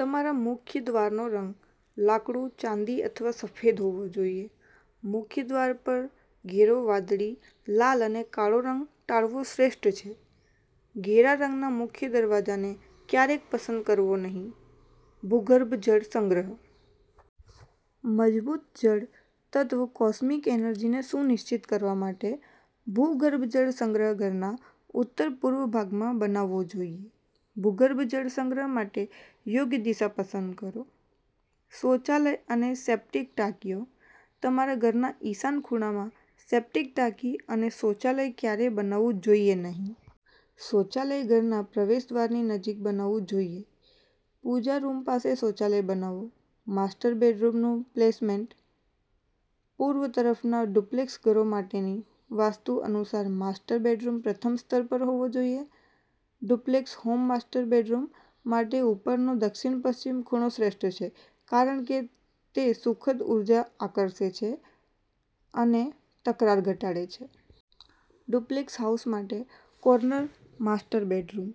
તમારા મુખ્ય દ્વારનો રંગ લાકડું, ચાંદી અથવા સફેદ હોવો જોઈએ. મુખ્ય દ્વાર પર ઘેરો વાદળી, લાલ અને કાળો રંગ ટાળવો શ્રેષ્ઠ છે. ઘેરા રંગના મુખ્ય દરવાજાને ક્યારેય પસંદ કરશો નહીં. ભૂગર્ભ જળ સંગ્રહ. મજબૂત જળ તત્વ કોસ્મિક એનર્જીને સુનિશ્ચિત કરવા માટે, ભૂગર્ભ જળ સંગ્રહ ઘરના ઉત્તર પૂર્વ ભાગમાં બનાવવો જોઈએ. ભૂગર્ભ જળ સંગ્રહ માટે યોગ્ય દિશા પસંદ કરો. શૌચાલય અને સેપ્ટિક ટાંકીઓ. તમારા ઘરના ઈશાન ખૂણામાં સેપ્ટિક ટાંકી અને શૌચાલય ક્યારેય બનાવવું જોઈએ નહીં. શૌચાલય ઘરના પ્રવેશદ્વારની નજીક બનાવવું જોઈએ. પૂજા રૂમ પાસે શૌચાલય બનાવો. માસ્ટર બેડરૂમનું પ્લેસમેન્ટ. પૂર્વ તરફના ડુપ્લેક્સ ઘરો માટેની વાસ્તુ અનુસાર, માસ્ટર બેડરૂમ પ્રથમ સ્તર પર હોવો જોઈએ. ડુપ્લેક્સ હોમ માસ્ટર બેડરૂમ માટે ઉપરનો દક્ષિણપશ્ચિમ ખૂણો શ્રેષ્ઠ છે કારણ કે તે સુખદ ઊર્જા આકર્ષે છે અને તકરાર ઘટાડે છે. ડુપ્લેક્સ હાઉસ માટે કોર્નર માસ્ટર બેડરૂમ.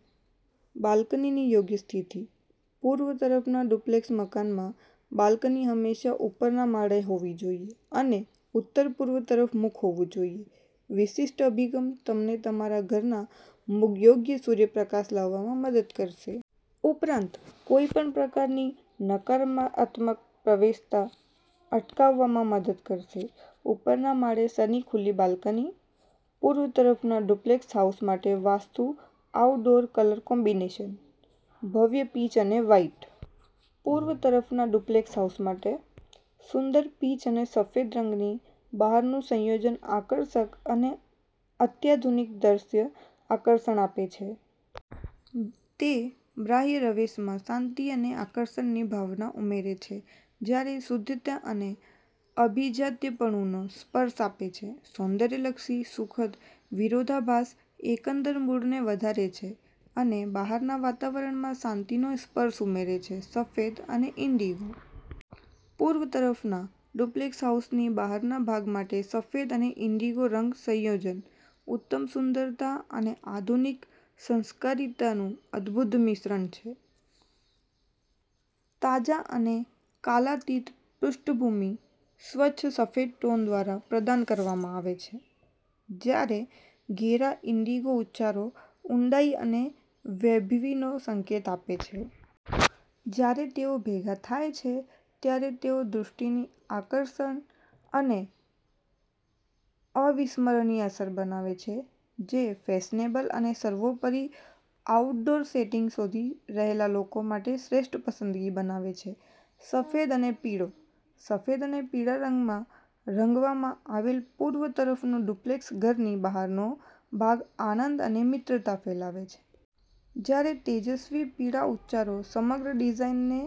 બાલ્કનીની યોગ્ય સ્થિતિ. પૂર્વ તરફના ડુપ્લેક્સ મકાનમાં, બાલ્કની હંમેશા ઉપરના માળે હોવી જોઈએ અને ઉત્તરપૂર્વ તરફ મુખ હોવું જોઈએ. વિશિષ્ટ અભિગમ તમને તમારા ઘરમાં યોગ્ય સૂર્યપ્રકાશ લાવવામાં મદદ કરશે. ઉપરાંત, કોઈપણ પ્રકારની નકારાત્મકતાને પ્રવેશતા અટકાવવામાં મદદ કરશે. ઉપરના માળે સની ખુલ્લી બાલ્કની. પૂર્વ તરફના ડુપ્લેક્સ હાઉસ માટે વાસ્તુ આઉટડોર કલર કોમ્બિનેશન. ભવ્ય પીચ અને વ્હાઇટ. પૂર્વ તરફના ડુપ્લેક્સ હાઉસ માટે, સુંદર પીચ અને સફેદ રંગની બહારનું સંયોજન આકર્ષક અને અત્યાધુનિક દ્રશ્ય આકર્ષણ આપે છે. તે બાહ્ય રવેશમાં શાંતિ અને આકર્ષણની ભાવના ઉમેરે છે જ્યારે શુદ્ધતા અને અભિજાત્યપણુનો સ્પર્શ આપે છે. સૌંદર્યલક્ષી સુખદ વિરોધાભાસ એકંદર મૂડને વધારે છે અને બહારના વાતાવરણમાં શાંતિનો સ્પર્શ ઉમેરે છે. સફેદ અને ઈન્ડિગો. પૂર્વ તરફના ડુપ્લેક્સ હાઉસની બહારના ભાગ માટે સફેદ અને ઈન્ડિગોનું રંગ સંયોજન ઉત્તમ સુંદરતા અને આધુનિક સંસ્કારિતાનું અદ્ભુત મિશ્રણ છે. તાજા અને કાલાતીત પૃષ્ઠભૂમિ સ્વચ્છ સફેદ ટોન દ્વારા પ્રદાન કરવામાં આવે છે, જ્યારે ઘેરા ઈન્ડિગો ઉચ્ચારો ઊંડાઈ અને વૈભવીનો સંકેત આપે છે. જ્યારે તેઓ ભેગા થાય છે ત્યારે તેઓ દૃષ્ટિની આકર્ષક અને અવિસ્મરણીય અસર બનાવે છે, જે ફેશનેબલ અને સર્વોપરી આઉટડોર સેટિંગ શોધી રહેલા લોકો માટે શ્રેષ્ઠ પસંદગી બનાવે છે. સફેદ અને પીળો. સફેદ અને પીળા રંગમાં રંગવામાં આવેલ પૂર્વ તરફનું ડુપ્લેક્સ ઘરની બહારનો ભાગ આનંદ અને મિત્રતા ફેલાવે છે. જ્યારે તેજસ્વી પીળા ઉચ્ચારો સમગ્ર ડિઝાઇનને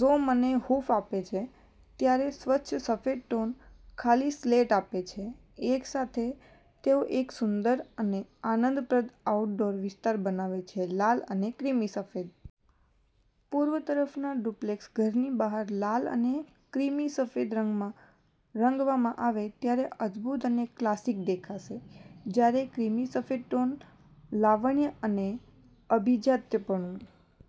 જોમ અને હૂંફ આપે છે, ત્યારે સ્વચ્છ સફેદ ટોન ખાલી સ્લેટ આપે છે. એકસાથે, તેઓ એક સુંદર અને આનંદપ્રદ આઉટડોર વિસ્તાર બનાવે છે. લાલ અને ક્રીમી સફેદ. પૂર્વ તરફના ડુપ્લેક્સ ઘરની બહાર લાલ અને ક્રીમી સફેદ રંગમાં રંગવામાં આવે ત્યારે અદભૂત અને ક્લાસિક દેખાશે. જ્યારે ક્રીમી સફેદ ટોન લાવણ્ય અને અભિજાત્યપણુ